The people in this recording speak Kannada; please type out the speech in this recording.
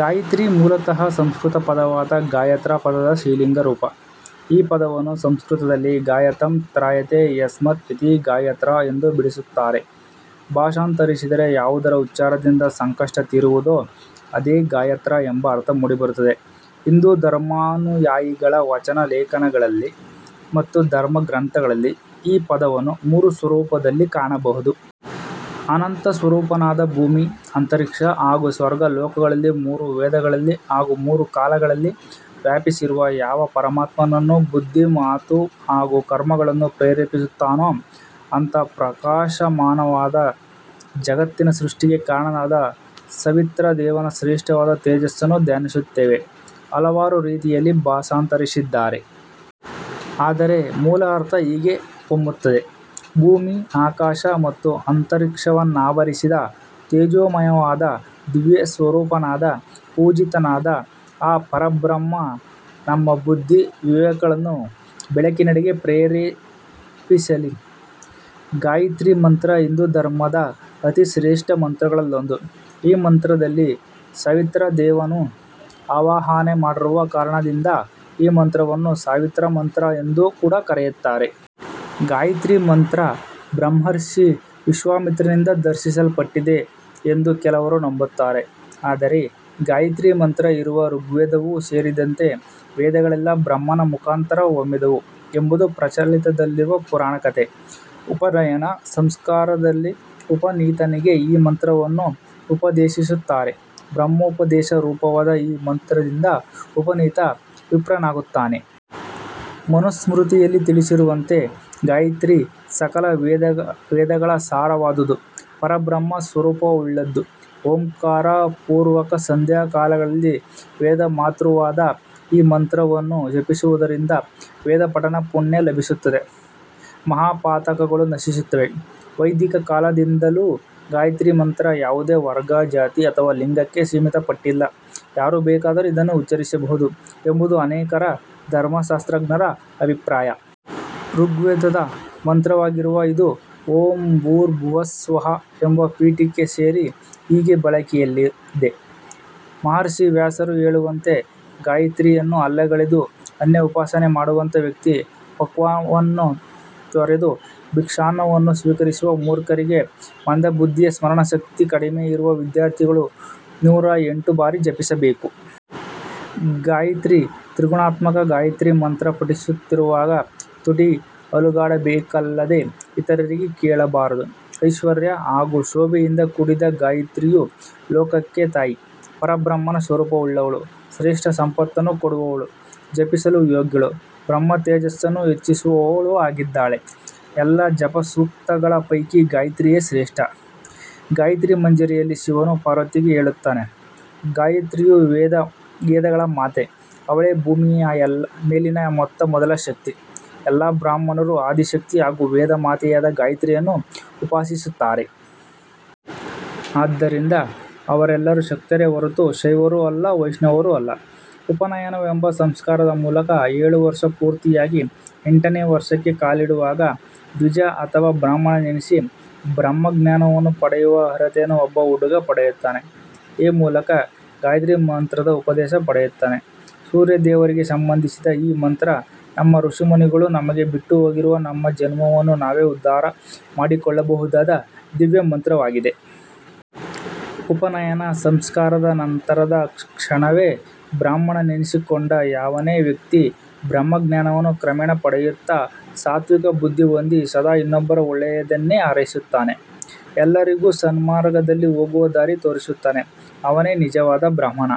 ಗಾಯತ್ರಿ ಮೂಲತಃ ಸಂಸ್ಕೃತ ಪದವಾದ ಗಾಯತ್ರ ಪದದ ಸ್ತ್ರೀಲಿಂಗ ರೂಪ. ಈ ಪದವನ್ನು ಸಂಸ್ಕೃತದಲ್ಲಿ ಗಾಯಂತಮ್ ತ್ರಾಯತೇ ಯಸ್ಮಾತ್ ಇತಿ ಗಾಯತ್ರಾ ಎಂದು ಬಿಡಿಸುತ್ತಾರೆ. ಭಾಷಾಂತರಿಸಿದರೆ ಯಾವುದರ ಉಚ್ಚಾರದಿಂದ ಸಂಕಷ್ಟ ತೀರುವುದೊ ಅದೆ ಗಾಯತ್ರ ಎಂಬ ಅರ್ಥ ಮೂಡಿ ಬರುತ್ತದೆ. ಹಿಂದೂ ಧರ್ಮಾನುಯಾಯಿಗಳ ವಚನ ಲೇಖನಗಳಲ್ಲಿ ಮತ್ತು ಧರ್ಮ ಗ್ರಂಥಗಳಲ್ಲಿ ಈ ಪದವನ್ನು ಮೂರು ಸ್ವರೂಪದಲ್ಲಿ ಕಾಣಬಹುದು. ಅನಂತ ಸ್ವರೂಪನಾದ ಭೂಮಿ, ಅಂತರಿಕ್ಷ ಹಾಗೂ ಸ್ವರ್ಗ ಲೋಕಗಳಲ್ಲಿ ಮೂರು ವೇದಗಳಲ್ಲಿ ಹಾಗೂ ಮೂರು ಕಾಲಗಳಲ್ಲಿ ವ್ಯಾಪಿಸಿರುವ ಯಾವ ಪರಮಾತ್ಮನನ್ನು ಬುದ್ಧಿ, ಮಾತು ಹಾಗೂ ಕರ್ಮಗಳನ್ನು ಪ್ರೇರೇಪಿಸುತ್ತಾನೋ ಅಂಥ ಪ್ರಕಾಶ ಮಾನವಾದ ಜಗತ್ತಿನ ಸೃಷ್ಟಿಗೆ ಕಾರಣನಾದ ಸವಿತೃ ದೇವನ ಶ್ರೇಷ್ಠವಾದ ತೇಜಸ್ಸನ್ನು ಧ್ಯಾನಿಸುತ್ತೇವೆ. ಹಲವರು ಹಲವು ರೀತಿಯಲ್ಲಿ ಭಾಷಾಂತರಿಸಿದ್ದಾರೆ. ಆದರೆ ಮೂಲ ಅರ್ಥ ಹೀಗೆ ಹೊಮ್ಮುತ್ತದೆ. ಭೂಮಿ ಆಕಾಶ ಮತ್ತು ಅಂತರಿಕ್ಷವನ್ನಾವರಿಸಿದ ತೇಜೋಮಯನಾದ, ದಿವ್ಯ ಸ್ವರೂಪನಾದ, ಪೂಜಿಪನಾದ ಆ ಪರಬ್ರಹ್ಮನಮ್ಮ ಬುದ್ಧಿ ವಿವೇಕಗಳನ್ನು ಬೆಳಕಿನೆಡೆಗೆ ಪ್ರೇರಿಸಲಿ *ಗಾಯತ್ರೀ ಮಂತ್ರ ಹಿಂದೂ ಧರ್ಮದ ಅತಿ ಶ್ರೇಷ್ಠ ಮಂತ್ರಗಳಲ್ಲೊಂದು. ಈ ಮಂತ್ರದಲ್ಲಿ ಸವಿತೃ ದೇವನನ್ನು ಆವಾಹನೆ ಮಾಡಿರುವ ಕಾರಣದಿಂದ, ಈ ಮಂತ್ರವನ್ನು ಸಾವಿತ್ರ ಮಂತ್ರ ಎಂದು ಕೂಡ ಕರೆಯುತ್ತಾರೆ. ಗಾಯತ್ರೀ ಮಂತ್ರ ಬ್ರಹ್ಮರ್ಷಿ ವಿಶ್ವಾಮಿತ್ರನಿಂದ ದರ್ಶಿಸಲ್ಪಟ್ಟಿದೆ ಎಂದು ಕೆಲವರು ನಂಬುತ್ತಾರೆ. ಆದರೆ ಗಾಯತ್ರೀ ಮಂತ್ರ ಇರುವ ಋಗ್ವೇದವೂ ಸೇರಿದಂತೆ, ವೇದಗಳೆಲ್ಲ ಬ್ರಹ್ಮನ ಮುಖಾಂತರ ಹೊಮ್ಮಿದವು ಎಂಬುದು ಪ್ರಚಲಿತದಲ್ಲಿರುವ ಪುರಾಣ ಕಥೆ. *ಉಪನಯನ ಸಂಸ್ಕಾರದಲ್ಲಿ ಉಪನೀತನಿಗೆ ಈ ಮಂತ್ರವನ್ನು ಉಪದೇಶಿಸುತ್ತಾರೆ. ಬ್ರಹ್ಮೋಪದೇಶ ರೂಪವಾದ ಈ ಮಂತ್ರದಿಂದ ಉಪನೀತ ವಿಪ್ರನಾಗುತ್ತಾನೆ. ಮನುಸ್ಮೃತಿಯಲ್ಲಿ ತಿಳಿಸಿರುವಂತೆ ಗಾಯತ್ರಿ ಸಕಲ ವೇದಗಳ ಸಾರವಾದುದು, ಪರಬ್ರಹ್ಮ ಸ್ವರೂಪವುಳ್ಳದ್ದು. ಓಂಕಾರಪುರ್ವಕ ಸಂಧ್ಯಾಕಾಲಗಳಲ್ಲಿ ವೇದಮಾತೃವಾದ ಈ ಮಂತ್ರವನ್ನು ಜಪಿಸುವುದರಿಂದ ವೇದಪಠನ ಪುಣ್ಯ ಲಭಿಸುತ್ತದೆ, ಮಹಾಪಾತಕಗಳು ನಶಿಸುತ್ತವೆ. *ವೈದಿಕ ಕಾಲದಿಂದಲೂ ಗಾಯತ್ರಿ ಮಂತ್ರ ಯಾವುದೆ ವರ್ಗ, ಜಾತಿ ಅಥವಾ ಲಿಂಗಕ್ಕೆ ಸೀಮಿತಪಟ್ಟಿಲ್ಲ ಯಾರು ಬೇಕಾದರು ಇದನ್ನು ಉಚ್ಚರಿಸಬಹುದು ಎಂಬುವುದು ಅನೇಕ ಧರ್ಮಶಾಸ್ತ್ರಜ್ಞರ ಅಭಿಪ್ರಾಯ. ಋಗ್ವೇದದದ ಮಂತ್ರವಾಗಿರುವ ಇದು, "ಓಂ ಭೂರ್ಭುವಃ ಸ್ವಃ" ಎಂಬ ಪೀಠಿಕೆ ಸೇರಿ ಹೀಗೆ ಬಳಕೆಯಲ್ಲಿದೆ. ಮಹರ್ಷಿ ವ್ಯಾಸರು ಹೇಳುವಂತೆ ಗಾಯತ್ರಿಯನ್ನು ಅಲ್ಲಗಳೆದು ಅನ್ಯ ಉಪಾಸನೆ ಮಾಡುವಂಥ ವ್ಯಕ್ತಿ ಪಕ್ವಾನ್ನವನ್ನು ತೊರೆದು ಭಿಕ್ಷಾನ್ನವನ್ನು ಸ್ವೀಕರಿಸುವ ಮೂರ್ಖರಿಗೆ ಮಂದ ಬುದ್ಧಿಯ ಸ್ಮರಣ ಶಕ್ತಿ ಕಡಿಮೆ ಇರುವ ವಿದ್ಯಾರ್ಥಿಗಳು ನೂರ ಎಂಟು ಬಾರಿ ಜಪಿಸಬೇಕು. ಗಾಯತ್ರಿ ತ್ರಿಗುಣಾತ್ಮಕ ಗಾಯತ್ರಿ ಮಂತ್ರ ಪಠಿಸುತ್ತಿರುವಾಗ ತುಟಿ ಅಲುಗಾಡಬೇಕಲ್ಲದೆ ಇತರರಿಗೆ ಕೇಳಬಾರದು. *ಐಶ್ವರ್ಯ ಹಾಗೂ ಶೋಭೆಯಿಂದ ಕೂಡಿದ ಗಾಯತ್ರಿಯು ಲೋಕಕ್ಕೆ ತಾಯಿ. ಪರಬ್ರಹ್ಮನ ಸ್ವರೂಪವುಳ್ಳವಳು, ಶ್ರೇಷ್ಠ ಸಂಪತ್ತನ್ನು ಕೊಡುವವಳು, ಜಪಿಸಲು ಯೋಗ್ಯಳು, ಬ್ರಹ್ಮತೇಜಸ್ಸನ್ನು ಹೆಚ್ಚಿಸುವವಳು ಆಗಿದ್ದಾಳೆ. ಎಲ್ಲ ಜಪಸೂಕ್ತಗಳ ಪೈಕಿ ಗಾಯತ್ರಿಯೇ ಶ್ರೇಷ್ಠ. ಗಾಯತ್ರಿ ಮಂಜರಿಯಲ್ಲಿ ಶಿವನು ಪಾರ್ವತಿಗೆ ಹೇಳುತ್ತಾನೆ ಗಾಯತ್ರಿಯು ವೇದಗಳ ಮಾತೆ ಅವಳೇ ಭೂಮಿಯ ಮೇಲಿನ ಮೊತ್ತ ಮೊದಲ ಶಕ್ತಿ, ಎಲ್ಲಾ ಬ್ರಾಹ್ಮಣರು ಆದಿ ಶಕ್ತಿ ಹಾಗೂ ವೇದಮಾತೆಯಾದ ಗಾಯತ್ರಿಯನ್ನು ಉಪಾಸಿಸುತ್ತಾರೆ. ಆದ್ದರಿಂದ ಅವರೆಲ್ಲರೂ ಶಕ್ತರೇ ಹೊರತು ಶೈವರೂ ಅಲ್ಲ ವೈಷ್ಣವರೂ ಅಲ್ಲ. ಉಪನಯನವೆಂಬ ಸಂಸ್ಕಾರದ ಮೂಲಕ ಏಳು ವರ್ಷ ಪೂರ್ತಿಯಾಗಿ ಎಂಟನೇ ವರ್ಷಕ್ಕೆ ಕಾಲಿಡುವಾಗ ದ್ವಿಜ ಅಥವಾ ಬ್ರಾಹ್ಮಣನೆನಿಸಿ ಬ್ರಹ್ಮಜ್ಞಾನವನ್ನು ಪಡೆಯುವ ಅರ್ಹತೆಯನ್ನು ಒಬ್ಬ ಹುಡುಗ ಪಡೆಯುತ್ತಾನೆ. ಈ ಮೂಲಕ ಗಾಯತ್ರಿ ಮಂತ್ರದ ಉಪದೇಶ ಪಡೆಯುತ್ತಾನೆ. ಸೂರ್ಯ ದೇವರಿಗೆ ಸಂಬಂಧಿಸಿದ ಈ ಮಂತ್ರ ನಮ್ಮ ಋಷಿಮುನಿಗಳು ನಮಗೆ ಬಿಟ್ಟು ಹೋಗಿರುವ ನಮ್ಮ ಜನ್ಮವನ್ನು ನಾವೇ ಉದ್ಧಾರ ಮಾಡಿಕೊಳ್ಳಬಹುದಾದ ದಿವ್ಯಮಂತ್ರವಾಗಿದೆ. ಉಪನಯನ ಸಂಸ್ಕಾರದ ನಂತರದ ಕ್ಷಣವೇ ಬ್ರಾಹ್ಮಣನೆನಿಸಿಕೊಂಡ ಯಾವನೇ ವ್ಯಕ್ತಿ ಬ್ರಹ್ಮಜ್ಞಾನವನ್ನು ಕ್ರಮೇಣ ಪಡೆಯುತ್ತಾ, ಸಾತ್ವಿಕ ಬುದ್ಧಿ ಹೊಂದಿ ಸದಾ ಇನ್ನೊಬ್ಬರ ಒಳ್ಳೆಯದನ್ನೇ ಹಾರೈಸುತ್ತಾನೆ. ಎಲ್ಲರಿಗೂ ಸನ್ಮಾರ್ಗದಲ್ಲಿ ಹೋಗುವ ದಾರಿ ತೋರಿಸುತ್ತಾನೆ. ಅವನೇ ನಿಜವಾದ ಬ್ರಾಹ್ಮಣ.